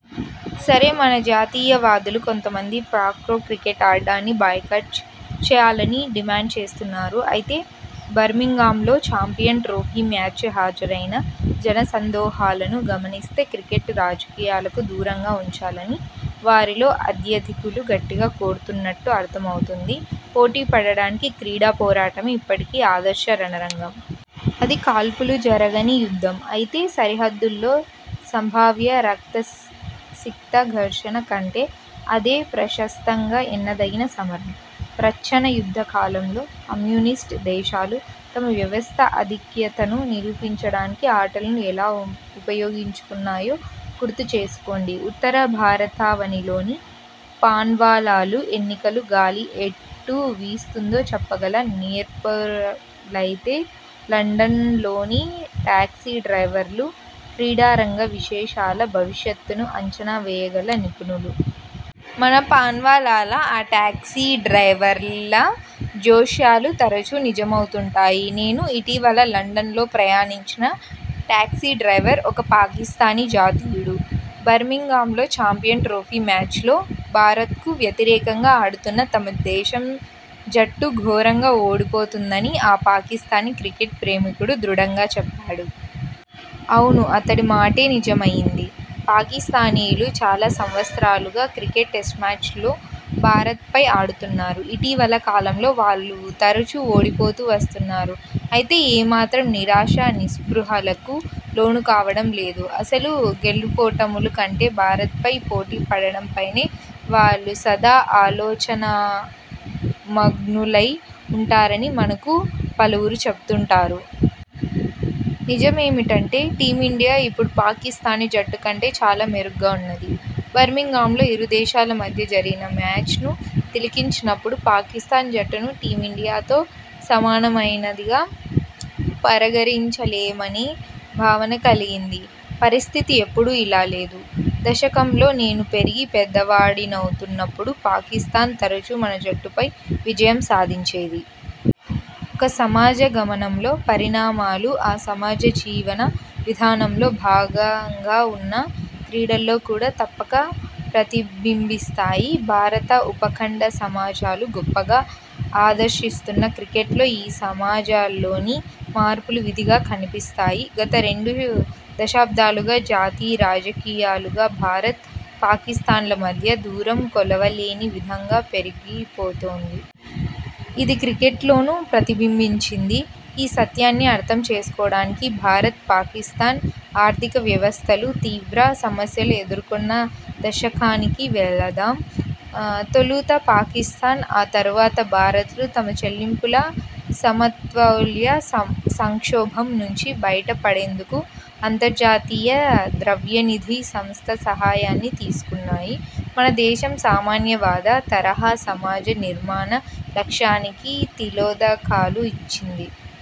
సరే, మన జాతీయవాదులు కొంతమంది పాక్తో క్రికెట్ ఆడడాన్ని బాయ్కాట్ చేయాలని డిమాండ్ చేస్తున్నారు. అయితే బర్మింగ్హామ్లో చాంపియన్ ట్రోఫీ మ్యాచ్కు హాజరైన జనసందోహాలను గమనిస్తే క్రికెట్ను రాజకీయాలకు దూరంగా వుంచాలని వారిలో అత్యధికులు గట్టిగా కోరుతున్నట్టు అర్థమవుతుంది. పోటీపడడానికి క్రీడా పోరాటమే ఇప్పటికీ ఆదర్శ రణరంగం. అది కాల్పులు జరగని యుద్ధం. అయితే సరిహద్దుల్లో సంభావ్య రక్తసిక్త ఘర్షణ కంటే అదే ప్రశస్తంగా ఎన్నదగిన సమరం. ప్రచ్ఛన్న యుద్ధ కాలంలో కమ్యూనిస్టు దేశాలు తమ 'వ్యవస్థ' ఆధిక్యతను నిరూపించడానికి ఆటలను ఎలా ఉపయోగించుకున్నాయో గుర్తుచేసుకోండి. ఉత్తర భారతావనిలోని పాన్వాలాలు ఎన్నికల గాలి ఎటు వీస్తుందో చెప్పగల నేర్పరులైతే, లండన్లోని టాక్సీ డ్రైవర్లు క్రీడారంగ విశేషాల భవిష్యత్తును అంచనా వేయగల నిపుణులు. మన పాన్వాలాల, ఆ టాక్సీ డ్రైవర్ల జోస్యాలు తరచూ నిజమవుతుంటాయి. నేను ఇటీవల లండన్లో ప్రయాణించిన టాక్సీ డ్రైవర్ ఒక పాకిస్థానీ జాతీయుడు. బర్మింగ్హామ్లో చాంపియన్ ట్రోఫీ మ్యాచ్లో భారత్కు వ్యతిరేకంగా ఆడుతున్న తమ దేశం జట్టు ఘోరంగా ఓడిపోతుందని ఆ పాకిస్థానీ క్రికెట్ ప్రేమికుడు దృఢంగా చెప్పాడు. అవును, అతడి మాటే నిజమయింది. పాకిస్థానీయులు చాలా సంవత్సరాలుగా క్రికెట్ టెస్ట్మ్యాచ్లలో భారత్పై ఆడుతున్నారు. ఇటీవలి కాలంలో వారు తరచూ ఓడిపోతూ వస్తున్నారు. అయితే ఏ మాత్రం నిరాశా నిస్పృహలకు లోనుకావడం లేదు. అసలు గెలుపోటముల కంటే భారత్పై పోటీపడడంపైనే వారు సదా ఆలోచనామగ్నులై వుంటారని మనకు పలువురు చెబుతుంటారు. నిజమేమిటంటే టీమిండియా ఇప్పుడు పాకిస్థానీ జట్టు కంటే చాలా మెరుగ్గా వున్నది. బర్మింగ్హామ్లో ఇరు దేశాల మధ్య జరిగిన మ్యాచ్ను తిలకించినప్పుడు పాకిస్థాన్ జట్టును టీమిండియాతో సమానమైనదిగా పరిగణించలేమనే భావన కలిగింది. పరిస్థితి ఎప్పుడూ ఇలా లేదు. దశకంలో నేను పెరిగి పెద్దవాడినవుతున్నప్పుడు పాకిస్థాన్ తరచూ మన జట్టుపై విజయం సాధించేది. ఒక సమాజ గమనంలో పరిణామాలు ఆ సమాజ జీవన విధానంలో భాగంగావున్న క్రీడల్లో కూడా తప్పక ప్రతిబింబిస్తాయి. భారత ఉపఖండ సమాజాలు గొప్పగా ఆదరిస్తున్న క్రికెట్లో ఈ సమాజాల్లోని మార్పులు విధిగా కన్పిస్తాయి. గత రెండు దశాబ్దాలుగా జాతి–రాజ్యాలుగా భారత్, పాకిస్థాన్ల మధ్య దూరం కొలవలేని విధంగా పెరిగిపోతోంది. ఇది క్రికెట్లోనూ ప్రతిబింబించింది. ఈ సత్యాన్ని అర్థం చేసుకోవడానికి భారత్, పాకిస్థాన్ ఆర్థికవ్యవస్థలు తీవ్ర సమస్యలను ఎదుర్కొన్న దశకానికి వెళదాం. తొలుత పాకిస్థాన్, ఆ తరువాత భారత్లు తమ చెల్లింపుల సమతౌల్య సంక్షోభం నుంచి బయటపడేందుకు అంతర్జాతీయ ద్రవ్యనిధి సంస్థ సహాయాన్ని తీసుకున్నాయి. మన దేశం సామ్యవాద తరహా సమాజ నిర్మాణ లక్ష్యానికి తిలోదకాలు ఇచ్చింది.